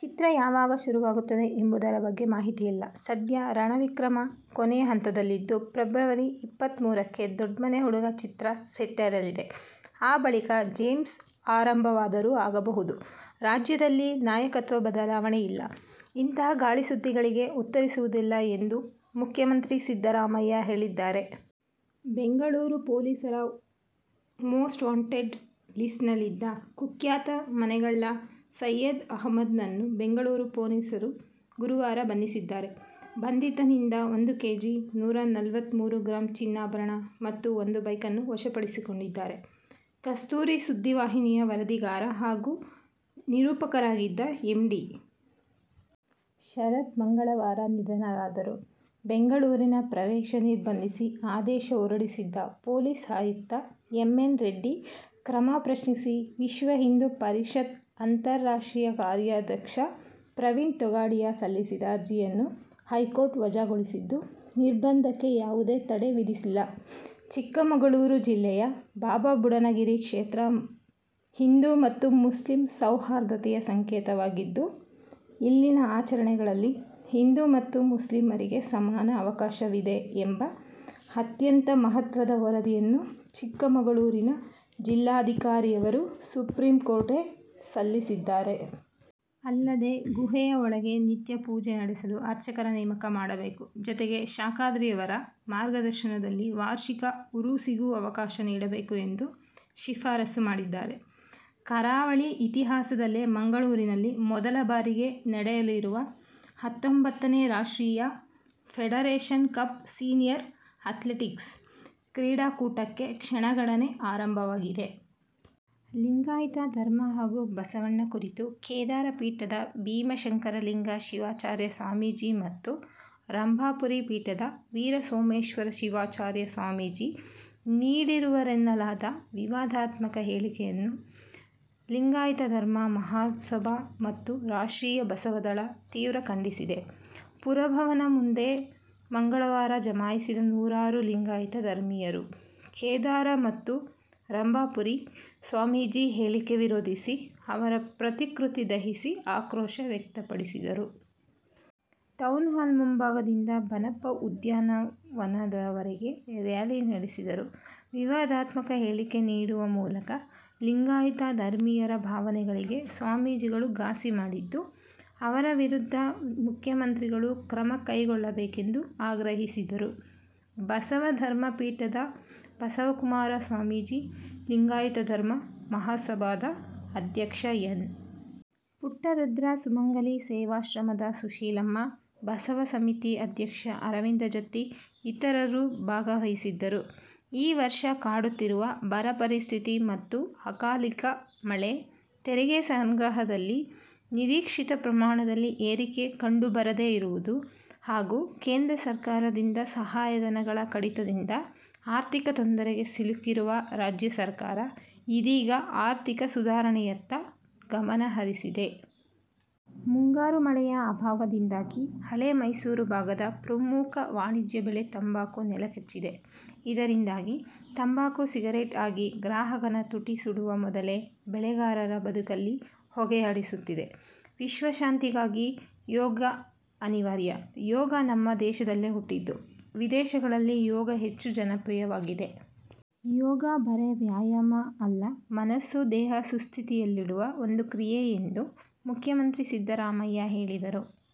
ಚಿತ್ರ ಯಾವಾಗ ಶುರುವಾಗುತ್ತದೆ ಎಂಬುದರ ಬಗ್ಗೆ ಮಾಹಿತಿಯಿಲ್ಲ. ಸದ್ಯ "ರಣವಿಕ್ರಮ' ಕೊನೆಯ ಹಂತದಲ್ಲಿದ್ದು, ಫೆಬ್ರವರಿ ಇಪ್ಪತ್ಮೂರಕ್ಕೆ "ದೊಡ್ಮನೆ ಹುಡುಗ' ಚಿತ್ರ ಸೆಟ್ಟೇರಲಿದೆ. ಆ ಬಳಿಕ "ಜೇಮ್ಸ್' ಆರಂಭವಾದರೂ ಆಗಬಹುದು. ರಾಜ್ಯದಲ್ಲಿ ನಾಯಕತ್ವ ಬದಲಾವಣೆ ಇಲ್ಲ. ಇಂತಹ ಗಾಳಿ ಸುದ್ದಿಗಳಿಗೆ ಉತ್ತರಿಸುವುದಿಲ್ಲ ಎಂದು ಮುಖ್ಯಮಂತ್ರಿ ಸಿದ್ದರಾಮಯ್ಯ ಹೇಳಿದ್ದಾರೆ. ಬೆಂಗಳೂರು ಪೊಲೀಸರ ಮೋಸ್ಟ್ ವಾಂಟೆಡ್ ಲಿಸ್ಟ್ನಲ್ಲಿದ್ದ ಕುಖ್ಯಾತ ಮನೆಗಳ್ಳ ಸಯ್ಯದ್ ಅಹಮದ್ ನನ್ನು ಬೆಂಗಳೂರು ಪೊಲೀಸರು ಗುರುವಾರ ಬಂಧಿಸಿದ್ದಾರೆ. ಬಂಧಿತನಿಂದ ಒಂದು ಕೆಜಿ ನೂರ ನಲ್ವತ್ಮೂರು ಗ್ರಾಂ ಚಿನ್ನಾಭರಣ ಮತ್ತು ಒಂದು ಬೈಕನ್ನು ವಶಪಡಿಸಿಕೊಂಡಿದ್ದಾರೆ. ಕಸ್ತೂರಿ ಸುದ್ದಿ ವಾಹಿನಿಯ ವರದಿಗಾರ ಹಾಗೂ ನಿರೂಪಕರಾಗಿದ್ದ ಎಂ. ಡಿ. ಶರತ್ ಮಂಗಳವಾರ ನಿಧನರಾದರು. ಬೆಂಗಳೂರು ಪ್ರವೇಶ ನಿರ್ಬಂಧಿಸಿ ಆದೇಶ ಹೊರಡಿಸಿದ್ದ ಪೊಲೀಸ್ ಆಯುಕ್ತ ಎಂ. ಎನ್. ರೆಡ್ಡಿ ಕ್ರಮ ಪ್ರಶ್ನಿಸಿ ವಿಶ್ವ ಹಿಂದೂ ಪರಿಷತ್ ಅಂತಾರಾಷ್ಟ್ರೀಯ ಕಾರ್ಯಾಧ್ಯಕ್ಷ ಪ್ರವೀಣ್ ತೊಗಾಡಿಯಾ ಸಲ್ಲಿಸಿದ ಅರ್ಜಿಯನ್ನು ಹೈಕೋರ್ಟ್ ವಜಾಗೊಳಿಸಿದ್ದು, ನಿರ್ಬಂಧಕ್ಕೆ ಯಾವುದೇ ತಡೆ ವಿಧಿಸಿಲ್ಲ. ಚಿಕ್ಕಮಗಳೂರು ಜಿಲ್ಲೆಯ ಬಾಬಾಬುಡನಗಿರಿ ಕ್ಷೇತ್ರ ಹಿಂದೂ ಮತ್ತು ಮುಸ್ಲಿಂ ಸೌಹಾರ್ದತೆಯ ಸಂಕೇತವಾಗಿದ್ದು, ಇಲ್ಲಿನ ಆಚರಣೆಗಳಲ್ಲಿ ಹಿಂದೂ ಮತ್ತು ಮುಸ್ಲಿಮರಿಗೆ ಸಮಾನ ಅವಕಾಶವಿದೆ ಎಂಬ ಅತ್ಯಂತ ಮಹತ್ವದ ವರದಿಯನ್ನು ಚಿಕ್ಕಮಗಳೂರಿನ ಜಿಲ್ಲಾಧಿಕಾರಿಯವರು ಸುಪ್ರೀಂಕೋರ್ಟ್ಗೆ ಸಲ್ಲಿಸಿದ್ದಾರೆ. ಅಲ್ಲದೆ, ಗುಹೆಯ ಒಳಗೆ ನಿತ್ಯ ಪೂಜೆ ನಡೆಸಲು ಅರ್ಚಕರ ನೇಮಕ ಮಾಡಬೇಕು. ಜತೆಗೆ, ಶಾಖಾದ್ರಿಯವರ ಮಾರ್ಗದರ್ಶನದಲ್ಲಿ ವಾರ್ಷಿಕ ಉರೂಸಿಗೂ ಅವಕಾಶ ನೀಡಬೇಕು ಎಂದು ಶಿಫಾರಸ್ಸು ಮಾಡಿದ್ದಾರೆ. ಕರಾವಳಿ ಇತಿಹಾಸದಲ್ಲೇ ಮಂಗಳೂರಿನಲ್ಲಿ ಮೊದಲ ಬಾರಿಗೆ ನಡೆಯಲಿರುವ ಹತ್ತೊಂಬತ್ತನೇ ರಾಷ್ಟ್ರೀಯ ಫೆಡರೇಶನ್ ಕಪ್ ಸೀನಿಯರ್ ಆ್ಯತ್ಲೆಟಿಕ್ಸ್ ಕ್ರೀಡಾಕೂಟಕ್ಕೆ ಕ್ಷಣಗಣನೆ ಆರಂಭವಾಗಿದೆ. ಲಿಂಗಾಯತ ಧರ್ಮ ಹಾಗೂ ಬಸವಣ್ಣ ಕುರಿತು ಕೇದಾರ ಪೀಠದ ಭೀಮಾಶಂಕರಲಿಂಗ ಶಿವಾಚಾರ್ಯ ಸ್ವಾಮಿಜಿ ಮತ್ತು ರಂಭಾಪುರಿ ಪೀಠದ ವೀರಸೋಮೇಶ್ವರ ಶಿವಾಚಾರ್ಯ ಸ್ವಾಮೀಜಿ ನೀಡಿರುವರೆನ್ನಲಾದ ವಿವಾದಾತ್ಮಕ ಹೇಳಿಕೆಯನ್ನು ಲಿಂಗಾಯತ ಧರ್ಮ ಮಹಾಸಭಾ ಮತ್ತು ರಾಷ್ಟ್ರೀಯ ಬಸವ ದಳ ತೀವ್ರ ಖಂಡಿಸಿದೆ. ಪುರಭವನ ಮುಂದೆ ಮಂಗಳವಾರ ಜಮಾಯಿಸಿದ ನೂರಾರು ಲಿಂಗಾಯತ ಧರ್ಮೀಯರು, ಕೇದಾರ ಮತ್ತು ರಂಭಾಪುರಿ ಸ್ವಾಮೀಜಿ ಹೇಳಿಕೆ ವಿರೋಧಿಸಿ ಅವರ ಪ್ರತಿಕೃತಿ ದಹಿಸಿ ಆಕ್ರೋಶ ವ್ಯಕ್ತಪಡಿಸಿದರು. ಟೌನ್ ಹಾಲ್ ಮುಂಭಾಗದಿಂದ ಬನಪ್ಪ ಉದ್ಯಾನವನದವರೆಗೆ ರ್ಯಾಲಿ ನಡೆಸಿದರು. ವಿವಾದಾತ್ಮಕ ಹೇಳಿಕೆ ನೀಡುವ ಮೂಲಕ ಲಿಂಗಾಯತ ಧರ್ಮೀಯರ ಭಾವನೆಗಳಿಗೆ ಸ್ವಾಮೀಜಿಗಳು ಘಾಸಿ ಮಾಡಿದ್ದು, ಅವರ ವಿರುದ್ಧ ಮುಖ್ಯಮಂತ್ರಿಗಳು ಕ್ರಮ ಕೈಗೊಳ್ಳಬೇಕೆಂದು ಆಗ್ರಹಿಸಿದರು. ಬಸವ ಧರ್ಮ ಪೀಠದ ಬಸವಕುಮಾರ ಸ್ವಾಮೀಜಿ, ಲಿಂಗಾಯತ ಧರ್ಮ ಮಹಾಸಭಾದ ಅಧ್ಯಕ್ಷ ಎನ್. ಪುಟ್ಟರುದ್ರ, ಸುಮಂಗಲಿ ಸೇವಾಶ್ರಮದ ಸುಶೀಲಮ್ಮ, ಬಸವ ಸಮಿತಿ ಅಧ್ಯಕ್ಷ ಅರವಿಂದ ಜತ್ತಿ ಇತರರು ಭಾಗವಹಿಸಿದ್ದರು. ಈ ವರ್ಷ ಕಾಡುತ್ತಿರುವ ಬರ ಪರಿಸ್ಥಿತಿ ಮತ್ತು ಅಕಾಲಿಕ ಮಳೆ, ತೆರಿಗೆ ಸಂಗ್ರಹದಲ್ಲಿ ನಿರೀಕ್ಷಿತ ಪ್ರಮಾಣದಲ್ಲಿ ಏರಿಕೆ ಕಂಡುಬರದೇ ಇರುವುದು ಹಾಗೂ ಕೇಂದ್ರ ಸರ್ಕಾರದಿಂದ ಸಹಾಯಧನಗಳ ಕಡಿತದಿಂದ ಆರ್ಥಿಕ ತೊಂದರೆಗೆ ಸಿಲುಕಿರುವ ರಾಜ್ಯ ಸರ್ಕಾರ ಇದೀಗ ಆರ್ಥಿಕ ಸುಧಾರಣೆಯತ್ತ ಗಮನಹರಿಸಿದೆ. ಮುಂಗಾರು ಮಳೆಯ ಅಭಾವದಿಂದಾಗಿ ಹಳೆ ಮೈಸೂರು ಭಾಗದ ಪ್ರಮುಖ ವಾಣಿಜ್ಯ ಬೆಳೆ ತಂಬಾಕು ನೆಲಕಚ್ಚಿದೆ. ಇದರಿಂದಾಗಿ ತಂಬಾಕು ಸಿಗರೇಟ್ ಆಗಿ ಗ್ರಾಹಕನ ತುಟಿ ಸುಡುವ ಮೊದಲೇ ಬೆಳೆಗಾರರ ಬದುಕಲ್ಲಿ ಹೊಗೆಯಾಡಿಸುತ್ತಿದೆ. ವಿಶ್ವ ಶಾಂತಿಗಾಗಿ ಯೋಗ ಅನಿವಾರ್ಯ. ಯೋಗ ನಮ್ಮ ದೇಶದಲ್ಲೇ ಹುಟ್ಟಿದ್ದು. ವಿದೇಶಗಳಲ್ಲಿ ಯೋಗ ಹೆಚ್ಚು ಜನಪ್ರಿಯವಾಗಿದೆ. ಯೋಗ ಬರೇ ವ್ಯಾಯಾಮ ಅಲ್ಲ, ಮನಸ್ಸು ದೇಹ ಸುಸ್ಥಿತಿಯಲ್ಲಿಡುವ ಒಂದು ಕ್ರಿಯೆ ಎಂದು ಮುಖ್ಯಮಂತ್ರಿ ಸಿದ್ದರಾಮಯ್ಯ ಹೇಳಿದರು.